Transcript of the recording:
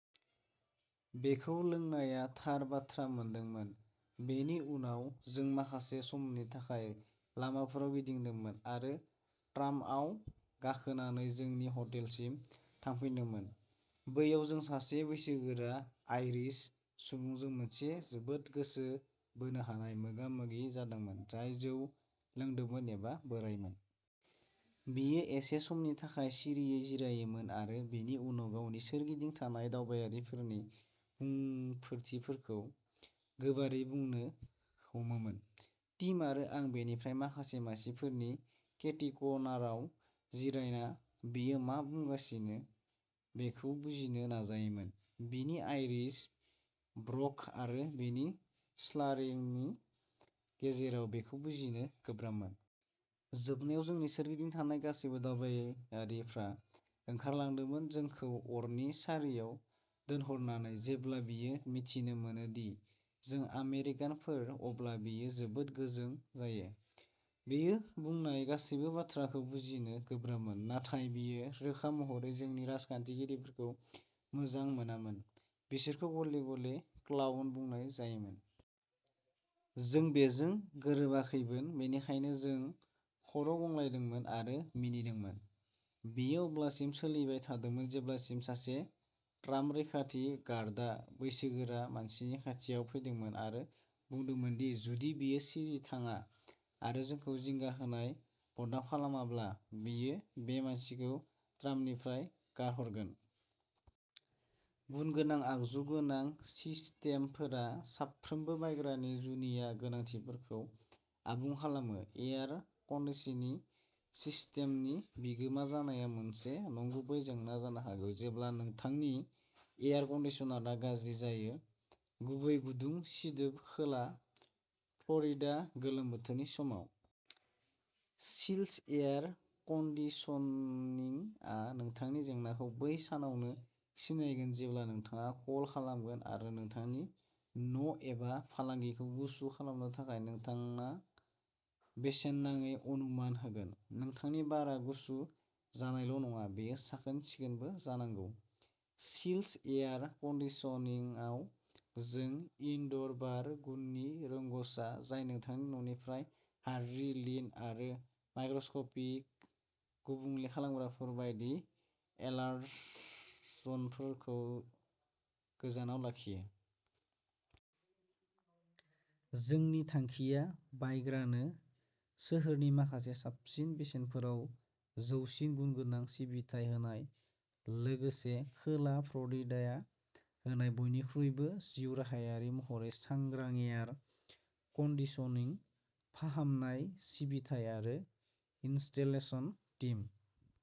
बेखौ लोंनाया थार बाथ्रा मोनदोंमोन। बेनि उनाव, जों माखासे समनि थाखाय लामाफोराव गिदिंदोंमोन आरो ट्रामआव गाखोनानै जोंनि हटेलसिम थांफिनदोंमोन। बैयाव, जों सासे बैसोगोरा आइरिश सुबुंजों मोनसे जोबोद गोसो बोनो हानाय मोगा-मोगि जादोंमोन, जाय जौ लोंदोंमोन एबा बोराइमोन। बियो एसे समनि थाखाय सिरियै जिरायोमोन, आरो बिनि उनाव गावनि सोरगिदिं थानाय दावबायारिफोरनो बुंफोरथिफोरखौ गोबारै बुंनो हमोमोन। टिम आरो आं बिनिफ्राय माखासे मासिफोर केटिक'नाराव जिरायना, बियो मा बुंगासिनो बेखौ बुजिनो नाजायोमोन। बिनि आइरिश ब्रग आरो बिनि स्लारिंनि गेजेराव, बेखौ बुजिनो गोब्राबमोन। जोबनायाव, जोंनि सोरगिदिं थानाय गासैबो दावबायारिफ्रा ओंखारलांदोंमोन, जोंखौ अरनि सारियाव दोनहरनानै। जेब्ला बियो मिथिनो मोनो दि जों आमेरिकानफोर, अब्ला बियो जोबोद गोजों जायो। बियो बुंनाय गासैबो बाथ्राखौ बुजिनो गोब्राबमोन, नाथाय बियो रोखा महरै जोंनि राजखान्थिगिरिफोरखौ मोजां मोनामोन, बिसोरखौ गले-गले "क्लाउन" बुंनाय जायोमोन। जों बेजों गोरोबाखैमोन, बेनिखायनो जों खर'गंग्लायदोंमोन आरो मिनिदोंमोन। बेयो अब्लासिम सोलिबाय थादोंमोन जेब्लासिम सासे ट्राम रैखाथि गारदा बैसोगोरा मानसिनि खाथियाव फैदोंमोन आरो बुंदोंमोन दि जुदि बियो सिरि थाङा आरो जोंखौ जिंगा होनाय बन्द'खालामाब्ला, बियो बे मानसिखौ ट्रामनिफ्राय गारहरगोन। गुनगोनां आगजु गोनां सिस्टेमफोरा साफ्रोमबो बायग्रानि जुनिया गोनांथिफोरखौ आबुं खालामो। एयार कन्दिसनिं सिस्टेमनि बिगोमा जानाया मोनसे नंगुबै जेंना जानो हागौ जेब्ला नोंथांनि एयार कन्दिसनारआ गाज्रि जायो, गुबैयै गुदुं सिदोब खोला फ्ल'रिडा गोलोम बोथोरनि समाव! चिल्स एयार कन्दिसनिंआ नोंथांनि जेंनाखौ बै सानावनो सिनायगोन जेब्ला नोंथाङा कल खालामगोन आरो नोंथांनि न'एबा फालांगिखौ गुसु खालामनो थाखाय नोंथांनो बेसेन नाङै अनुमान होगोन। नोंथांनि बारआ गुसु जानायल'नङा, बेयो साखोन-सिखोनबो जानांगौ। चिल्स एयार कन्दिसनिंआव, जों इनड'र बार गुननि रोंग'सा, जाय नोंथांनि न'निफ्राय हाद्रि, लिन्ट आरो माइक्र'स्क'पिक गुबुंले खालामग्राफोर बायदि एलार्जनफोरखौ गोजानाव लाखियो। जोंनि थांखिया बायग्रानो सोहोरनि माखासे साबसिन बेसेनफोराव जौसिन गुन गोनां सिबिथाइ होनाय, लोगोसे खोला फ्ल'रिडाया होनाय बयनिख्रुइबो जिउराहायारि महरै सांग्रां एयार कन्दिसनिं फाहामनाय, सिबिथाइ आरो इनस्टलेशन टीम।